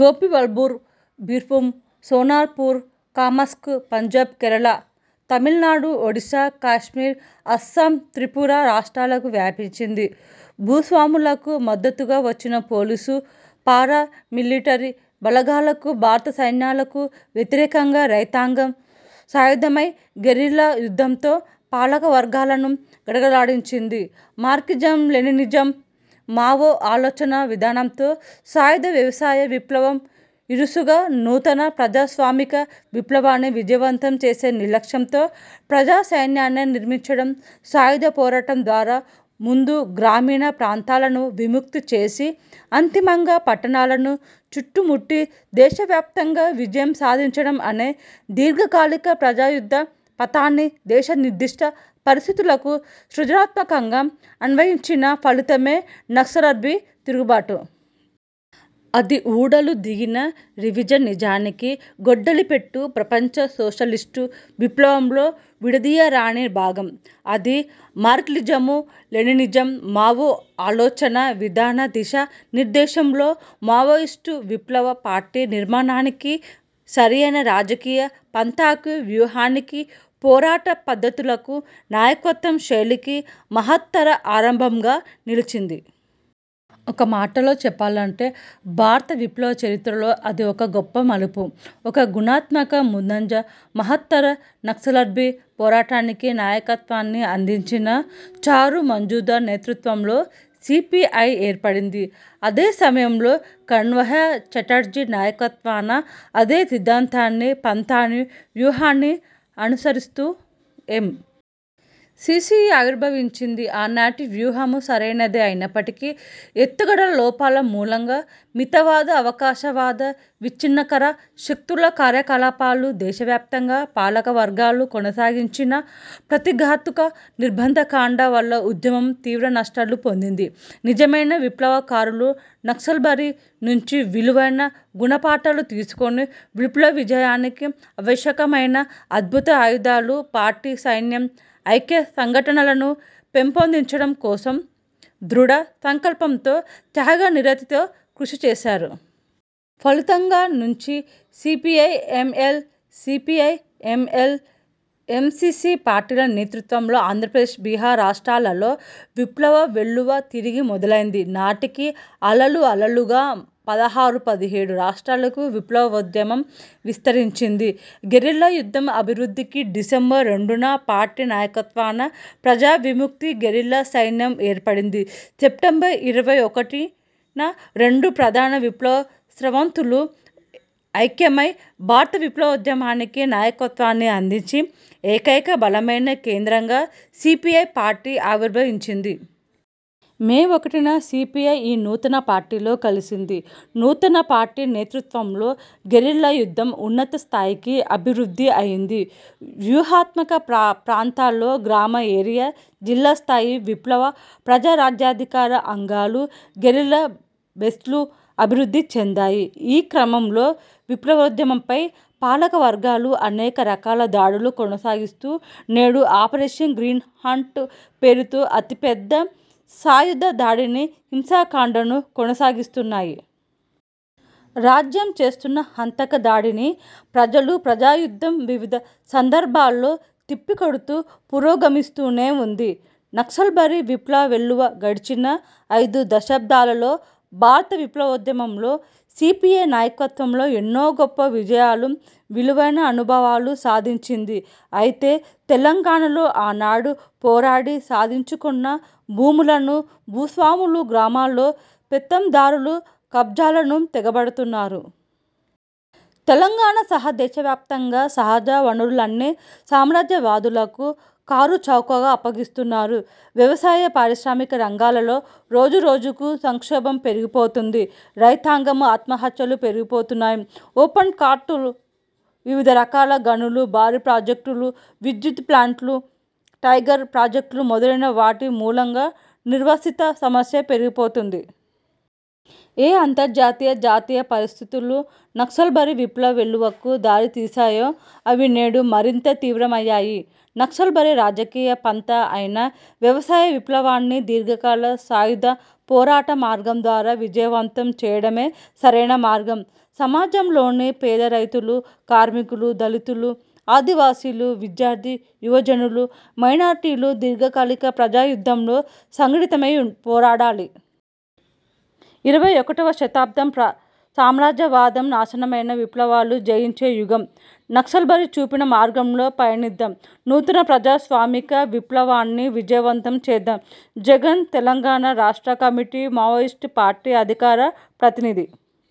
Gopiballavpur, Birbhum, Sonarpur, కామ్క్స, పంజాబ్, కేరళ, తమిళనాడు, ఒడిశా, కశ్మీర్, అస్సామ్, త్రిపుర రాష్ట్రాలకు వ్యాపించింది. భూస్వాములకు మద్దతుగా వచ్చిన పోలీసు పారా మిలిటరీ బలగాలకు, భారత సైన్యాలకు వ్యతిరేకంగా రైతాంగం సాయుధమై గెరిల్లా యుద్ధంతో పాలకవర్గాలను గడగడలాడించింది. మార్క్సిజం, లెనినిజం, మావో ఆలోచనా విధానంతో సాయుధ వ్యవసాయ విప్లవం ఇరుసుగా నూతన ప్రజాస్వామిక విప్లవాన్ని విజయవంతం చేసే లక్ష్యంతో ప్రజాసైన్యాన్ని నిర్మించడం సాయుధ పోరాటం ద్వారా ముందు గ్రామీణ ప్రాంతాలను విముక్తి చేసి అంతిమంగా పట్టణాలను చుట్టుముట్టి దేశవ్యాప్తంగా విజయం సాధించడం అనే దీర్ఘకాలిక ప్రజాయుద్ధ పథాని దేశ నిర్దిష్ట పరిస్థితులకు సృజనాత్మకంగా అన్వయించిన ఫలితమే నక్సరబ్బి తిరుగుబాటు. అది ఊడలు దిగిన రివిజ నిజానికి గొడ్డలిపెట్టు. ప్రపంచ సోషలిస్టు విప్లవంలో విడదీయరాని భాగం. అది మార్క్సిజము, లెనినిజం, మావో ఆలోచనా విధాన దిశా నిర్దేశంలో మావోయిస్టు విప్లవ పార్టీ నిర్మాణానికి, సరియైన రాజకీయ పంథాకు, వ్యూహానికి, పోరాట పద్ధతులకు, నాయకత్వం శైలికి మహత్తర ఆరంభంగా నిలిచింది. ఒక మాటలో చెప్పాలంటే భారత విప్లవ చరిత్రలో అది ఒక గొప్ప మలుపు. ఒక గుణాత్మక ముందంజ. మహత్తర నక్సరబ్బి పోరాటానికి నాయకత్వాన్ని అందించిన చారు మజుందార్ నేతృత్వంలో సి. పి. ఐ. ఏర్పడింది. అదే సమయంలో కన్హయ చటర్జీ నాయకత్వాన అదే సిద్ధాంతాన్నీ, పంథాని, వ్యూహాన్నీ అనుసరిస్తూ ఎం. సి. సి. ఆవిర్భవించింది. ఆనాటి వ్యూహం సరైనదే అయినప్పటికీ ఎత్తుగడల లోపాల మూలంగా మితవాద, అవకాశవాద విచ్ఛిన్నకర శక్తుల కార్యకలాపాలు, దేశవ్యాప్తంగా పాలకవర్గాలు కొనసాగించిన ప్రతిఘాతుక నిర్బంధకాండ వల్ల ఉద్యమం తీవ్ర నష్టాలు పొందింది. నిజమైన విప్లవకారులు నక్సల్బరీ నుంచి విలువైన గుణపాఠాలు తీసుకొని విప్లవ విజయానికి అవశ్యకమైన అద్భుత ఆయుధాలు పార్టీ, సైన్యం, ఐక్య సంఘటనలను పెంపొందించడం కోసం ధృఢ సంకల్పంతో, త్యాగనిరతితో కృషి చేశారు. ఫలితంగా నుంచి సిపిఐ-ఎంఎల్, సిపిఐ-ఎంఎల్, ఎంసిసి పార్టీల నేతృత్వంలో ఆంధ్రప్రదేశ్, బీహార్ రాష్ట్రాలలో విప్లవ వెల్లువ తిరిగి మొదలైంది. నాటికి అలలు అలలుగా పదహారు-పదిహేడు రాష్ట్రాలకు విప్లవోద్యమం విస్తరించింది. గెరిల్లా యుద్ధ అభివృద్ధికి డిసెంబర్ రెండున పార్టీ నాయకత్వాన ప్రజావిముక్తి గెరిల్లా సైన్యం ఏర్పడింది. సెప్టెంబర్ ఇరవై ఒకటిన రెండు ప్రధాన విప్లవ స్రవంతులు ఐక్యమై భారత విప్లవోద్యమానికి నాయకత్వాన్ని అందించి ఏకైక బలమైన కేంద్రంగా సిపిఐ పార్టీ ఆవిర్భవించింది. మే ఒకటిన సిపిఐ ఈ నూతన పార్టీలో కలిసింది. నూతన పార్టీ నేతృత్వంలో గెరిల్లా యుద్ధం ఉన్నత స్థాయికి అభివృద్ధి అయింది. వ్యూహాత్మక ప్రా ప్రాంతాల్లో గ్రామ ఏరియా, జిల్లా స్థాయి, విప్లవ ప్రజారాజ్యాధికార అంగాలు, గెరిల్లా బేస్లు అభివృద్ధి చెందాయి. ఈ క్రమంలో విప్లవోద్యమంపై పాలకవర్గాలు అనేక రకాల దాడులు కొనసాగిస్తూ నేడు ఆపరేషన్ గ్రీన్ హంట్ పేరుతో అతి పెద్ద సాయుధ దాడిని, హింసా కాండను కొనసాగిస్తున్నాయి. రాజ్యం చేస్తున్న హంతక దాడిని ప్రజలు, ప్రజాయుద్ధం వివిధ సందర్భాల్లో తిప్పికొడుతూ పురోగమిస్తూనే ఉంది. నక్సల్బరీ విప్లవవెల్లువ గడిచిన అయిదు దశాబ్దాలలో భారత విప్లవోద్యమంలో సిపిఐ నాయకత్వంలో ఎన్నో గొప్ప విజయాలు, విలువైన అనుభవాలు సాధించింది. అయితే తెలంగాణలో ఆనాడు పోరాడి సాధించుకొన్న భూములను, భూస్వాములు, గ్రామాల్లో పెత్తందార్లు కబ్జాలను తెగబడుతున్నారు. తెలంగాణసహా దేశవ్యాప్తంగా సహజ వనరులన్నీ సామ్రాజ్యవాదులకు కారుచౌకగా అప్పగిస్తున్నారు. వ్యవసాయ, పారిశ్రామిక రంగాలలో రోజురోజుకు సంక్షోభం పెరిగిపోతోంది. రైతాంగం ఆత్మహత్యలు పెరిగిపోతున్నాయి. ఓపెన్ కార్టులు, వివిధ రకాల గనులు, భారీ ప్రాజెక్టులు, విద్యుత్ ప్లాంట్లు, టైగర్ ప్రాజెక్టులు మొదలైన వాటి మూలంగా నిర్వసిత సమస్య పెరిగిపోతుంది. ఏ అంతర్జాతీయ, జాతీయ పరిస్థితులు నక్సల్బరీ విప్లవ వెల్లువకు దారి తీసాయో అవి నేడు మరింత తీవ్రమయ్యాయి. నక్సల్బరీ రాజకీయ పంథా అయిన వ్యవసాయ విప్లవాన్ని దీర్ఘకాల సాయుధ పోరాట మార్గం ద్వారా విజయవంతం చేయడమే సరైన మార్గం. సమాజంలోనే పేద రైతులు, కార్మికులు, దళితులు, ఆదివాసీలు, విద్యార్థి యువజనులు, మైనారిటీలు దీర్ఘకాలిక ప్రజాయుద్ధంలో సంఘటితమై పోరాడాలి. ఇరవై ఒకటివ శతాబ్దం ప్రా సామ్రాజ్యవాదం నాశనమై, విప్లవాలు జయించే యుగం! నక్సల్బరీ చూపిన మార్గంలో పయనిద్దాం, నూతన ప్రజాస్వామిక విప్లవాన్ని విజయవంతం చేద్దాం! జగన్ తెలంగాణ రాష్ట్ర కమిటీ, మావోయిస్ట్ పార్టీ, అధికార ప్రతినిధి